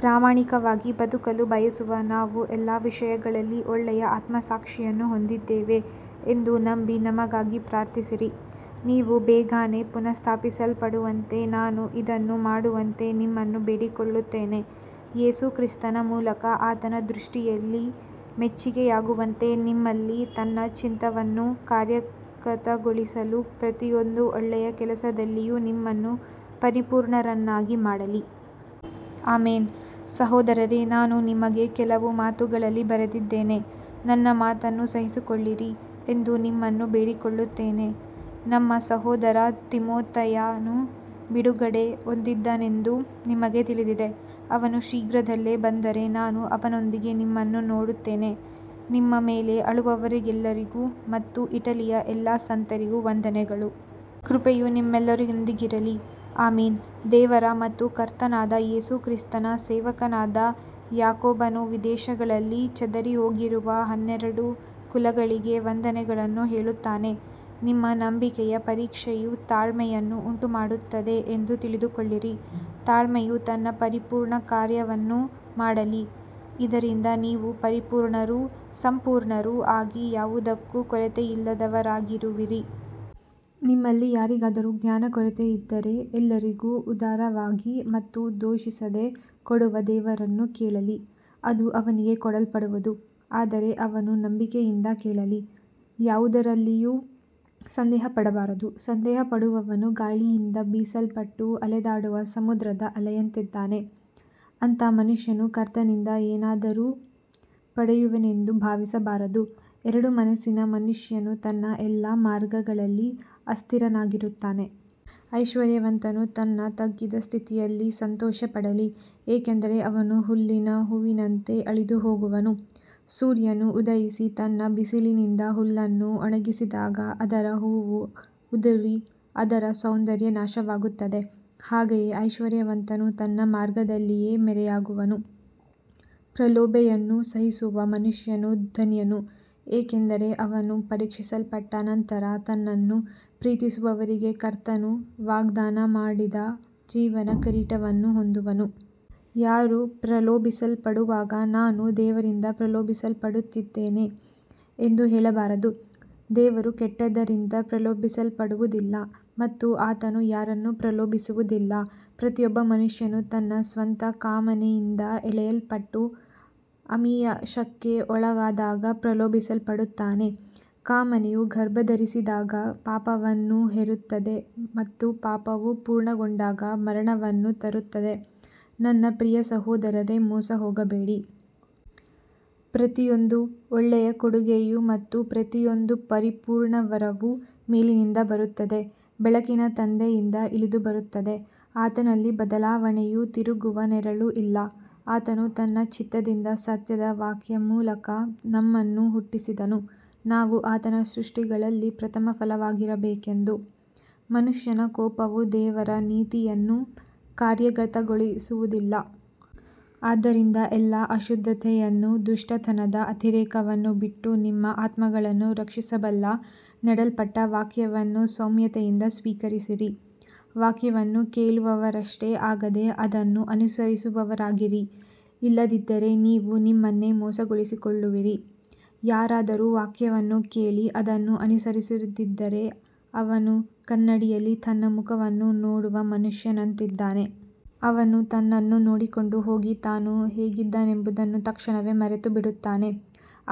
ಪ್ರಾಮಾಣಿಕವಾಗಿ ಬದುಕಲು ಬಯಸುವ ನಾವು ಎಲ್ಲ ವಿಷಯಗಳಲ್ಲಿ ಒಳ್ಳೆಯ ಆತ್ಮಸಾಕ್ಷಿಯನ್ನು ಹೊಂದಿದ್ದೇವೆ ಎಂದು ನಂಬಿ ನಮಗಾಗಿ ಪ್ರಾರ್ಥಿಸಿರಿ. ನೀವು ಬೇಗನೆ ಪುನಃಸ್ಥಾಪಿಸಲ್ಪಡುವಂತೆ ನಾನು ಇದನ್ನು ಮಾಡುವಂತೆ ನಿಮ್ಮನ್ನು ಬೇಡಿಕೊಳ್ಳುತ್ತೇನೆ. ಯೇಸು ಕ್ರಿಸ್ತನ ಮೂಲಕ ಆತನ ದೃಷ್ಟಿಯಲ್ಲಿ ಮೆಚ್ಚಿಕೆಯಾಗುವಂತೆ ನಿಮ್ಮಲ್ಲಿ ತನ್ನ ಚಿತ್ತವನ್ನು ಕಾರ್ಯಗತಗೊಳಿಸಲು ಪ್ರತಿಯೊಂದು ಒಳ್ಳೆಯ ಕೆಲಸದಲ್ಲಿಯೂ ನಿಮ್ಮನ್ನು ಪರಿಪೂರ್ಣರನ್ನಾಗಿ ಮಾಡಲಿ. ಆಮೆನ್. ಸಹೋದರರೇ, ನಾನು ನಿಮಗೆ ಕೆಲವು ಮಾತುಗಳಲ್ಲಿ ಬರೆದಿದ್ದೇನೆ, ನನ್ನ ಮಾತನ್ನು ಸಹಿಸಿಕೊಳ್ಳಿರಿ ಎಂದು ನಿಮ್ಮನ್ನು ಬೇಡಿಕೊಳ್ಳುತ್ತೇನೆ. ನಮ್ಮ ಸಹೋದರ ತಿಮೊಥೆಯನು ಬಿಡುಗಡೆ ಹೊಂದಿದ್ದಾನೆಂದು ನಿಮಗೆ ತಿಳಿದಿದೆ. ಅವನು ಶೀಘ್ರದಲ್ಲೇ ಬಂದರೆ ನಾನು ಅವನೊಂದಿಗೆ ನಿಮ್ಮನ್ನು ನೋಡುತ್ತೇನೆ. ನಿಮ್ಮ ಮೇಲೆ ಆಳುವವರೆಲ್ಲರಿಗೂ ಮತ್ತು ಇಟಲಿಯ ಎಲ್ಲಾ ಸಂತರಿಗೂ ವಂದನೆಗಳು. ಕೃಪೆಯು ನಿಮ್ಮೆಲ್ಲರೊಂದಿಗಿರಲಿ. ಆಮೆನ್. ದೇವರ ಮತ್ತು ಕರ್ತನಾದ ಯೇಸು ಕ್ರಿಸ್ತನ ಸೇವಕನಾದ ಯಾಕೋಬನು ವಿದೇಶಗಳಲ್ಲಿ ಚದರಿಹೋಗಿರುವ ಹನ್ನೆರಡು ಕುಲಗಳಿಗೆ ವಂದನೆಗಳನ್ನು ಹೇಳುತ್ತಾನೆ. ನಿಮ್ಮ ನಂಬಿಕೆಯ ಪರೀಕ್ಷೆಯು ತಾಳ್ಮೆಯನ್ನು ಉಂಟುಮಾಡುತ್ತದೆ ಎಂದು ತಿಳಿದುಕೊಳ್ಳಿರಿ. ತಾಳ್ಮೆಯು ತನ್ನ ಪರಿಪೂರ್ಣ ಕಾರ್ಯವನ್ನು ಮಾಡಲಿ, ಇದರಿಂದ ನೀವು ಪರಿಪೂರ್ಣರೂ ಸಂಪೂರ್ಣರೂ ಆಗಿ ಯಾವುದಕ್ಕೂ ಕೊರತೆಯಿಲ್ಲದವರಾಗಿರುವಿರಿ. ನಿಮ್ಮಲ್ಲಿ ಯಾರಿಗಾದರೂ ಜ್ಞಾನ ಕೊರತೆಯಿದ್ದರೆ ಎಲ್ಲರಿಗೂ ಉದಾರವಾಗಿ ಮತ್ತು ದೂಷಿಸದೆ ಕೊಡುವ ದೇವರನ್ನು ಕೇಳಲಿ, ಅದು ಅವನಿಗೆ ಕೊಡಲ್ಪಡುವುದು. ಆದರೆ ಅವನು ನಂಬಿಕೆಯಿಂದ ಕೇಳಲಿ, ಯಾವುದರಲ್ಲಿಯೂ ಸಂದೇಹಪಡಬಾರದು. ಸಂದೇಹಪಡುವವನು ಗಾಳಿಯಿಂದ ಬೀಸಲ್ಪಟ್ಟು ಅಲೆದಾಡುವ ಸಮುದ್ರದ ಅಲೆಯಂತಿದ್ದಾನೆ. ಅಂಥ ಮನುಷ್ಯನು ಕರ್ತನಿಂದ ಏನನ್ನಾದರೂ ಪಡೆಯುವೆನೆಂದು ಭಾವಿಸಬಾರದು. ಎರಡು ಮನಸ್ಸಿನ ಮನುಷ್ಯನು ತನ್ನ ಎಲ್ಲಾ ಮಾರ್ಗಗಳಲ್ಲಿ ಅಸ್ಥಿರನಾಗಿರುತ್ತಾನೆ. ಐಶ್ವರ್ಯವಂತನು ತನ್ನ ತಗ್ಗಿದ ಸ್ಥಿತಿಯಲ್ಲಿ ಸಂತೋಷಪಡಲಿ, ಏಕೆಂದರೆ ಅವನು ಹುಲ್ಲಿನ ಹೂವಿನಂತೆ ಅಳಿದುಹೋಗುವನು. ಸೂರ್ಯನು ಉದಯಿಸಿ ತನ್ನ ಬಿಸಿಲಿನಿಂದ ಹುಲ್ಲನ್ನು ಒಣಗಿಸಿದಾಗ ಅದರ ಹೂವು ಉದುರಿ ಅದರ ಸೌಂದರ್ಯ ನಾಶವಾಗುತ್ತದೆ. ಹಾಗೆಯೇ ಐಶ್ವರ್ಯವಂತನು ತನ್ನ ಮಾರ್ಗದಲ್ಲಿಯೇ ಮರೆಯಾಗುವನು. ಪ್ರಲೋಭನೆಯನ್ನು ಸಹಿಸುವ ಮನುಷ್ಯನು ಧನ್ಯನು, ಏಕೆಂದರೆ ಅವನು ಪರೀಕ್ಷಿಸಲ್ಪಟ್ಟ ನಂತರ ತನ್ನನ್ನು ಪ್ರೀತಿಸುವವರಿಗೆ ಕರ್ತನು ವಾಗ್ದಾನ ಮಾಡಿದ ಜೀವದ ಕಿರೀಟವನ್ನು ಹೊಂದುವನು. ಯಾರೂ ಪ್ರಲೋಭಿಸಲ್ಪಡುವಾಗ ನಾನು ದೇವರಿಂದ ಪ್ರಲೋಭಿಸಲ್ಪಡುತ್ತಿದ್ದೇನೆ ಎಂದು ಹೇಳಬಾರದು. ದೇವರು ಕೆಟ್ಟದ್ದರಿಂದ ಪ್ರಲೋಭಿಸಲ್ಪಡುವುದಿಲ್ಲ ಮತ್ತು ಆತನು ಯಾರನ್ನೂ ಪ್ರಲೋಭಿಸುವುದಿಲ್ಲ. ಪ್ರತಿಯೊಬ್ಬ ಮನುಷ್ಯನು ತನ್ನ ಸ್ವಂತ ಕಾಮನೆಯಿಂದ ಎಳೆಯಲ್ಪಟ್ಟು ಆಮಿಷಕ್ಕೆ ಒಳಗಾದಾಗ ಪ್ರಲೋಭಿಸಲ್ಪಡುತ್ತಾನೆ. ಕಾಮನೆಯು ಗರ್ಭಧರಿಸಿದಾಗ ಪಾಪವನ್ನು ಹೆರುತ್ತದೆ ಮತ್ತು ಪಾಪವು ಪೂರ್ಣಗೊಂಡಾಗ ಮರಣವನ್ನು ತರುತ್ತದೆ. ನನ್ನ ಪ್ರಿಯ ಸಹೋದರರೇ, ಮೋಸಹೋಗಬೇಡಿ. ಪ್ರತಿಯೊಂದು ಒಳ್ಳೆಯ ಕೊಡುಗೆಯೂ ಮತ್ತು ಪ್ರತಿಯೊಂದು ಪರಿಪೂರ್ಣ ವರವೂ ಮೇಲಿನಿಂದ ಬರುತ್ತದೆ, ಬೆಳಕಿನ ತಂದೆಯಿಂದ ಇಳಿದುಬರುತ್ತದೆ. ಆತನಲ್ಲಿ ಬದಲಾವಣೆಯೂ ತಿರುಗುವ ನೆರಳೂ ಇಲ್ಲ. ಆತನು ತನ್ನ ಚಿತ್ತದಿಂದ ಸತ್ಯದ ವಾಕ್ಯದ ಮೂಲಕ ನಮ್ಮನ್ನು ಹುಟ್ಟಿಸಿದನು, ನಾವು ಆತನ ಸೃಷ್ಟಿಗಳಲ್ಲಿ ಪ್ರಥಮಫಲವಾಗಿರಬೇಕೆಂದು. ಮನುಷ್ಯನ ಕೋಪವು ದೇವರ ನೀತಿಯನ್ನು ಕಾರ್ಯಗತಗೊಳಿಸುವುದಿಲ್ಲ. ಆದ್ದರಿಂದ ಎಲ್ಲಾ ಅಶುದ್ಧತೆಯನ್ನೂ ದುಷ್ಟತನದ ಅತಿರೇಕವನ್ನೂ ಬಿಟ್ಟು ನಿಮ್ಮ ಆತ್ಮಗಳನ್ನು ರಕ್ಷಿಸಬಲ್ಲ ನೆಡಲ್ಪಟ್ಟ ವಾಕ್ಯವನ್ನು ಸೌಮ್ಯತೆಯಿಂದ ಸ್ವೀಕರಿಸಿರಿ. ವಾಕ್ಯವನ್ನು ಕೇಳುವವರಷ್ಟೇ ಆಗದೆ ಅದನ್ನು ಅನುಸರಿಸುವವರಾಗಿರಿ, ಇಲ್ಲದಿದ್ದರೆ ನೀವು ನಿಮ್ಮನ್ನೇ ಮೋಸಗೊಳಿಸಿಕೊಳ್ಳುವಿರಿ. ಯಾರಾದರೂ ವಾಕ್ಯವನ್ನು ಕೇಳಿ ಅದನ್ನು ಅನುಸರಿಸದಿದ್ದರೆ ಅವನು ಕನ್ನಡಿಯಲ್ಲಿ ತನ್ನ ಮುಖವನ್ನು ನೋಡುವ ಮನುಷ್ಯನಂತಿದ್ದಾನೆ. ಅವನು ತನ್ನನ್ನು ನೋಡಿಕೊಂಡು ಹೋಗಿ ತಾನು ಹೇಗಿದ್ದನೆಂಬುದನ್ನು ತಕ್ಷಣವೇ ಮರೆತುಬಿಡುತ್ತಾನೆ.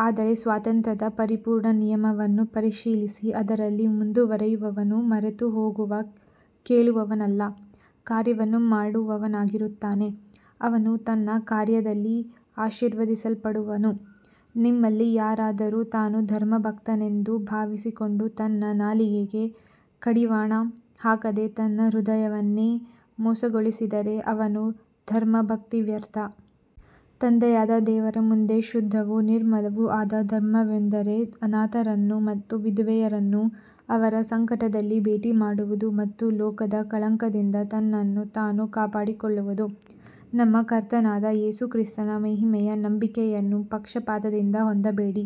ಆದರೆ ಸ್ವಾತಂತ್ರ್ಯದ ಪರಿಪೂರ್ಣ ನಿಯಮವನ್ನು ಪರಿಶೀಲಿಸಿ ಅದರಲ್ಲಿ ಮುಂದುವರಿಯುವವನು ಮರೆತುಹೋಗುವ ಕೇಳುವವನಲ್ಲ, ಕಾರ್ಯವನ್ನು ಮಾಡುವವನಾಗಿರುತ್ತಾನೆ. ಅವನು ತನ್ನ ಕಾರ್ಯದಲ್ಲಿ ಆಶೀರ್ವದಿಸಲ್ಪಡುವನು. ನಿಮ್ಮಲ್ಲಿ ಯಾರಾದರೂ ತಾನು ಧರ್ಮಭಕ್ತನೆಂದು ಭಾವಿಸಿಕೊಂಡು ತನ್ನ ನಾಲಿಗೆಗೆ ಕಡಿವಾಣ ಹಾಕದೆ ತನ್ನ ಹೃದಯವನ್ನೇ ಮೋಸಗೊಳಿಸಿದರೆ ಅವನ ಧರ್ಮಭಕ್ತಿ ವ್ಯರ್ಥ. ತಂದೆಯಾದ ದೇವರ ಮುಂದೆ ಶುದ್ಧವೂ ನಿರ್ಮಲವೂ ಆದ ಧರ್ಮವೆಂದರೆ ಅನಾಥರನ್ನು ಮತ್ತು ವಿಧವೆಯರನ್ನು ಅವರ ಸಂಕಟದಲ್ಲಿ ಭೇಟಿಮಾಡುವುದು ಮತ್ತು ಲೋಕದ ಕಳಂಕದಿಂದ ತನ್ನನ್ನು ತಾನು ಕಾಪಾಡಿಕೊಳ್ಳುವುದು. ನಮ್ಮ ಕರ್ತನಾದ ಯೇಸು ಕ್ರಿಸ್ತನ ಮಹಿಮೆಯ ನಂಬಿಕೆಯನ್ನು ಪಕ್ಷಪಾತದಿಂದ ಹೊಂದಬೇಡಿ.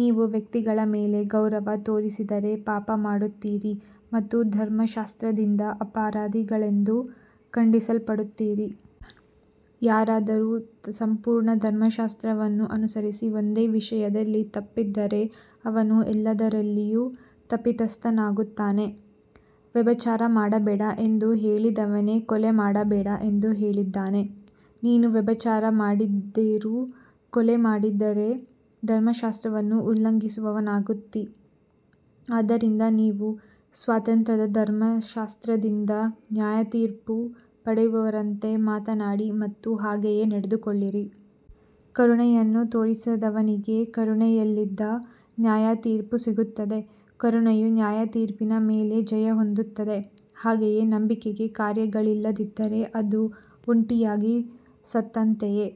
ನೀವು ವ್ಯಕ್ತಿಗಳ ಮೇಲೆ ಗೌರವ ತೋರಿಸಿದರೆ ಪಾಪ ಮಾಡುತ್ತೀರಿ ಮತ್ತು ಧರ್ಮಶಾಸ್ತ್ರದಿಂದ ಅಪರಾಧಿಗಳೆಂದು ಖಂಡಿಸಲ್ಪಡುತ್ತೀರಿ. ಯಾರಾದರೂ ಸಂಪೂರ್ಣ ಧರ್ಮಶಾಸ್ತ್ರವನ್ನು ಅನುಸರಿಸಿ ಒಂದೇ ವಿಷಯದಲ್ಲಿ ತಪ್ಪಿದರೆ ಅವನು ಎಲ್ಲದರಲ್ಲಿಯೂ ತಪ್ಪಿತಸ್ಥನಾಗುತ್ತಾನೆ. ವ್ಯಭಿಚಾರ ಮಾಡಬೇಡ ಎಂದು ಹೇಳಿದವನೇ ಕೊಲೆ ಮಾಡಬೇಡ ಎಂದೂ ಹೇಳಿದ್ದಾನೆ. ನೀನು ವ್ಯಭಿಚಾರ ಮಾಡದಿದ್ದರೂ ಕೊಲೆ ಮಾಡಿದರೆ ಧರ್ಮಶಾಸ್ತ್ರವನ್ನು ಉಲ್ಲಂಘಿಸುವವನಾಗುತ್ತೀ. ಆದ್ದರಿಂದ ನೀವು ಸ್ವಾತಂತ್ರ್ಯದ ಧರ್ಮಶಾಸ್ತ್ರದಿಂದ ನ್ಯಾಯತೀರ್ಪು ಪಡೆಯುವವರಂತೆ ಮಾತನಾಡಿ ಮತ್ತು ಹಾಗೆಯೇ ನಡೆದುಕೊಳ್ಳಿರಿ. ಕರುಣೆಯನ್ನು ತೋರಿಸದವನಿಗೆ ಕರುಣೆಯಿಲ್ಲದ ನ್ಯಾಯತೀರ್ಪು ಸಿಗುತ್ತದೆ. ಕರುಣೆಯು ನ್ಯಾಯತೀರ್ಪಿನ ಮೇಲೆ ಜಯ ಹೊಂದುತ್ತದೆ. ಹಾಗೆಯೇ ನಂಬಿಕೆಗೆ ಕಾರ್ಯಗಳಿಲ್ಲದಿದ್ದರೆ ಅದು ಒಂಟಿಯಾಗಿ ಸತ್ತಂತೆಯೇ.